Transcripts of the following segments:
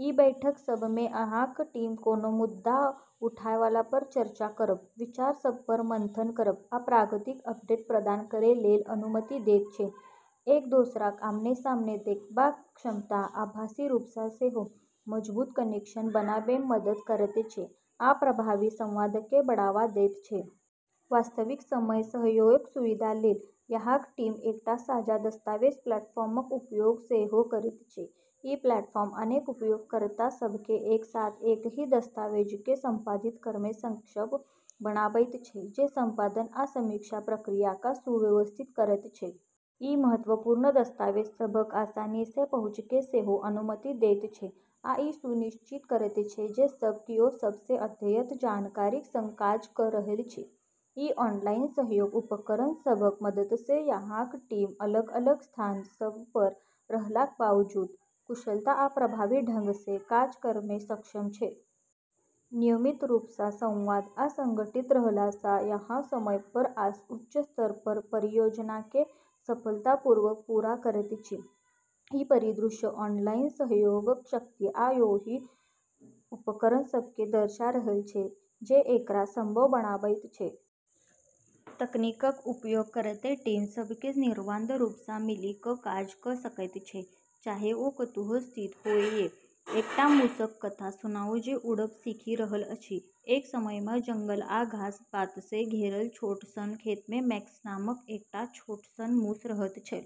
ई बैठक सभमे अहाँक टीम कोनो मुद्दा उठैवालापर चर्चा करब, विचार सभपर मंथन करब, आ प्रगतिक अपडेट प्रदान करै लेल अनुमति दैत छै। एक दोसराक आमने-सामने देखबाक क्षमता, आभासी रूपसँ सेहो, मजबूत कनेक्शन बनाबैमे मदद करैत छै आ प्रभावी संवादकेँ बढ़ावा दैत छै। वास्तविक समय सहयोगक सुविधा लेल, अहाँक टीम एकटा साझा दस्तावेज प्लेटफॉर्मक उपयोग सेहो करैत छै। ई प्लेटफॉर्म अनेक उपयोगकर्ता सभकेँ एक साथ एकही दस्तावेजकेँ संपादित करैमे सक्षम बनाबैत छै, जे संपादन आ समीक्षा प्रक्रियाकेँ सुव्यवस्थित करैत छै। ई महत्वपूर्ण दस्तावेज सभक आसानीसँ पहुँचकेँ सेहो अनुमति दैत छै आ ई सुनिश्चित करैत छै जे सब कियो सबसँ अद्यतन जानकारीक संग काज कऽ रहल छै। ई ऑनलाइन सहयोग उपकरण सभक मददसँ, अहाँक टीम अलग-अलग स्थान सभपर रहलाक बावजूद, कुशलता आ प्रभावी ढंगसँ काज करैमे सक्षम छै। नियमित रूपसँ संवाद आ संगठित रहलासँ अहाँ समयपर आ उच्च स्तरपर परियोजनाकेँ सफलतापूर्वक पूरा करैत छी। ई परिदृश्य ऑनलाइन सहयोगक शक्ति आ ओहि उपकरण सभकेँ दर्शा रहल छै जे एकरा संभव बनाबैत छै। तकनीकक उपयोग करैत टीम सभकेँ निर्बाध रूपसँ मिलि कऽ काज कऽ सकैत छै, चाहे ओ कतहु स्थित होअए। एकटा मूसक कथा सुनाउ जे उड़ब सीखि रहल अछि। एक समयमे जंगल आ घास-पातसँ घेरल छोट सन खेतमे मैक्स नामक एकटा छोट सन मूस रहैत छल।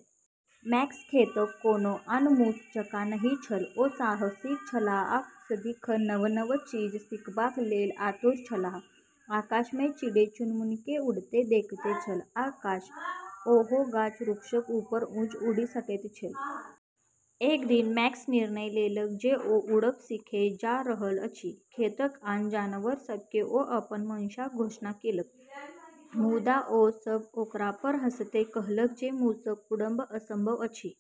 मैक्स खेतक कोनो आन मूस जकाँ नहि छल; ओ साहसिक छलाह आ सदिखन नव-नव चीज सीखबाक लेल आतुर छलाह। आकाशमे चिड़ै-चुनमुनीकेँ उड़ैत देखैत छल आ काश, ओहो गाछ-वृक्षक ऊपर ऊँच उड़ि सकैत छल। एक दिन मैक्स निर्णय लेलक जे ओ उड़ब सीखै जा रहल अछि। खेतक आन जानवर सभकेँ ओ अपन मंशाक घोषणा केलक, मुदा ओ सभ ओकरापर हँसैत कहलक जे मूसक उड़ब असंभव अछि।